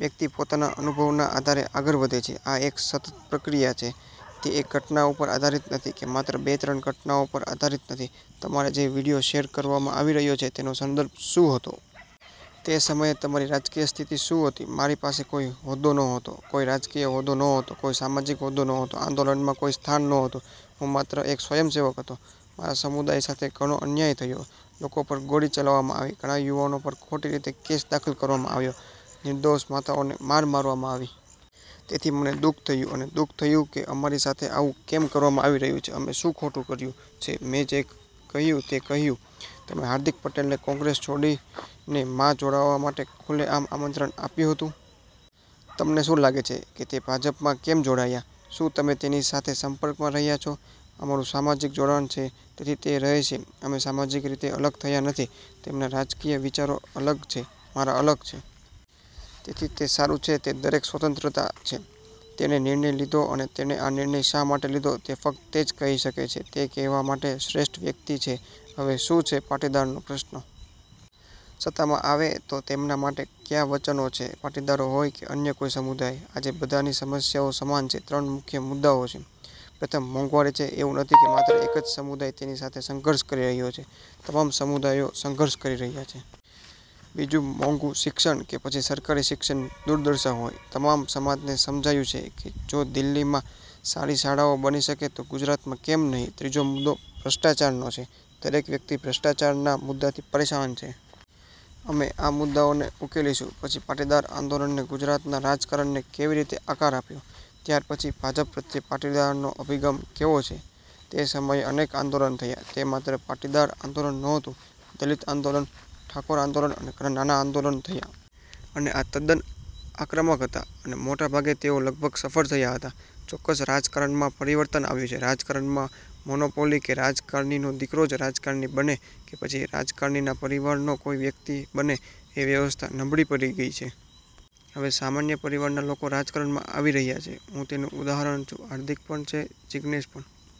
વ્યક્તિ પોતાના અનુભવના આધારે આગળ વધે છે. આ એક સતત પ્રક્રિયા છે. તે એક ઘટના પર આધારિત નથી કે માત્ર બે-ત્રણ ઘટનાઓ પર આધારિત નથી. તમારા જે વીડિયો શેર કરવામાં આવી રહ્યા છે તેનો સંદર્ભ શું હતો? તે સમયે તમારી રાજકીય સ્થિતિ શું હતી? મારી પાસે કોઈ હોદ્દો નહોતો, કોઈ રાજકીય હોદ્દો નહોતો, કોઈ સામાજિક હોદ્દો નહોતો, આંદોલનમાં કોઈ સ્થાન ન્હોતું, હું માત્ર એક સ્વયંસેવક હતો. મારા સમુદાય સાથે ઘણો અન્યાય થયો, લોકો પર ગોળી ચલાવવામાં આવી, ઘણા યુવાનો પર ખોટી રીતે કેસ દાખલ કરવામાં આવ્યા, નિર્દોષ માતાઓને માર મારવામાં આવી. તેથી મને દુઃખ થયું અને દુઃખ થયું કે અમારી સાથે આવું કેમ કરવામાં આવી રહ્યું છે, અમે શું ખોટું કર્યું છે. મેં જે કહ્યું તે કહ્યું. તમે હાર્દિક પટેલને કોંગ્રેસ છોડીને માં જોડાવા માટે ખુલ્લેઆમ આમંત્રણ આપ્યું હતું. તમને શું લાગે છે કે તે ભાજપમાં કેમ જોડાયા? શું તમે તેની સાથે સંપર્કમાં રહ્યા છો? અમારું સામાજિક જોડાણ છે, તેથી તે રહેશે. અમે સામાજિક રીતે અલગ થયા નથી. તેમના રાજકીય વિચારો અલગ છે, મારા અલગ છે. તેથી તે સારું છે. તે દરેકની સ્વતંત્રતા છે. તેણે નિર્ણય લીધો અને તેણે આ નિર્ણય શા માટે લીધો તે ફક્ત તે જ કહી શકે છે. તે કહેવા માટે શ્રેષ્ઠ વ્યક્તિ છે. હવે શું છે પાટીદારોના પ્રશ્નો? સત્તામાં આવે તો તેમના માટે કયા વચનો છે? પાટીદારો હોય કે અન્ય કોઈ સમુદાય. આજે બધાની સમસ્યાઓ સમાન છે. ત્રણ મુખ્ય મુદ્દાઓ છે. પ્રથમ મોંઘવારી છે. એવું નથી કે માત્ર એક જ સમુદાય તેની સાથે સંઘર્ષ કરી રહ્યો છે, તમામ સમુદાયો સંઘર્ષ કરી રહ્યા છે. બીજું મોંઘું શિક્ષણ કે પછી સરકારી શિક્ષણની દુર્દશા હોય. તમામ સમાજને સમજાયું છે કે જો દિલ્હીમાં સારી શાળાઓ બની શકે તો ગુજરાતમાં કેમ નહીં? ત્રીજો મુદ્દો ભ્રષ્ટાચારનો છે, દરેક વ્યક્તિ ભ્રષ્ટાચારના મુદ્દાથી પરેશાન છે. અમે આ મુદ્દાઓને ઉકેલીશું. પછી પાટીદાર આંદોલને ગુજરાતના રાજકારણને કેવી રીતે આકાર આપ્યો? ત્યારપછી ભાજપ પ્રત્યે પાટીદારોનો અભિગમ કેવો છે? તે સમયે અનેક આંદોલનો થયા, તે માત્ર પાટીદાર આંદોલન નહોતું. દલિત આંદોલન, ઠાકોર આંદોલન અને ઘણા નાના આંદોલનો થયા. અને આ તદ્દન આક્રમક હતા, અને મોટાભાગે તેઓ લગભગ સફળ થયા હતા. ચોક્કસ રાજકારણમાં પરિવર્તન આવ્યું છે. રાજકારણમાં મોનોપોલી કે રાજકારણીનો દીકરો જ રાજકારણી બને કે પછી રાજકારણીના પરિવારનો કોઈ વ્યક્તિ બને એ વ્યવસ્થા નબળી પડી ગઈ છે. હવે સામાન્ય પરિવારના લોકો રાજકારણમાં આવી રહ્યા છે. હું તેનું ઉદાહરણ છું, હાર્દિક પણ છે, જિગ્નેશ પણ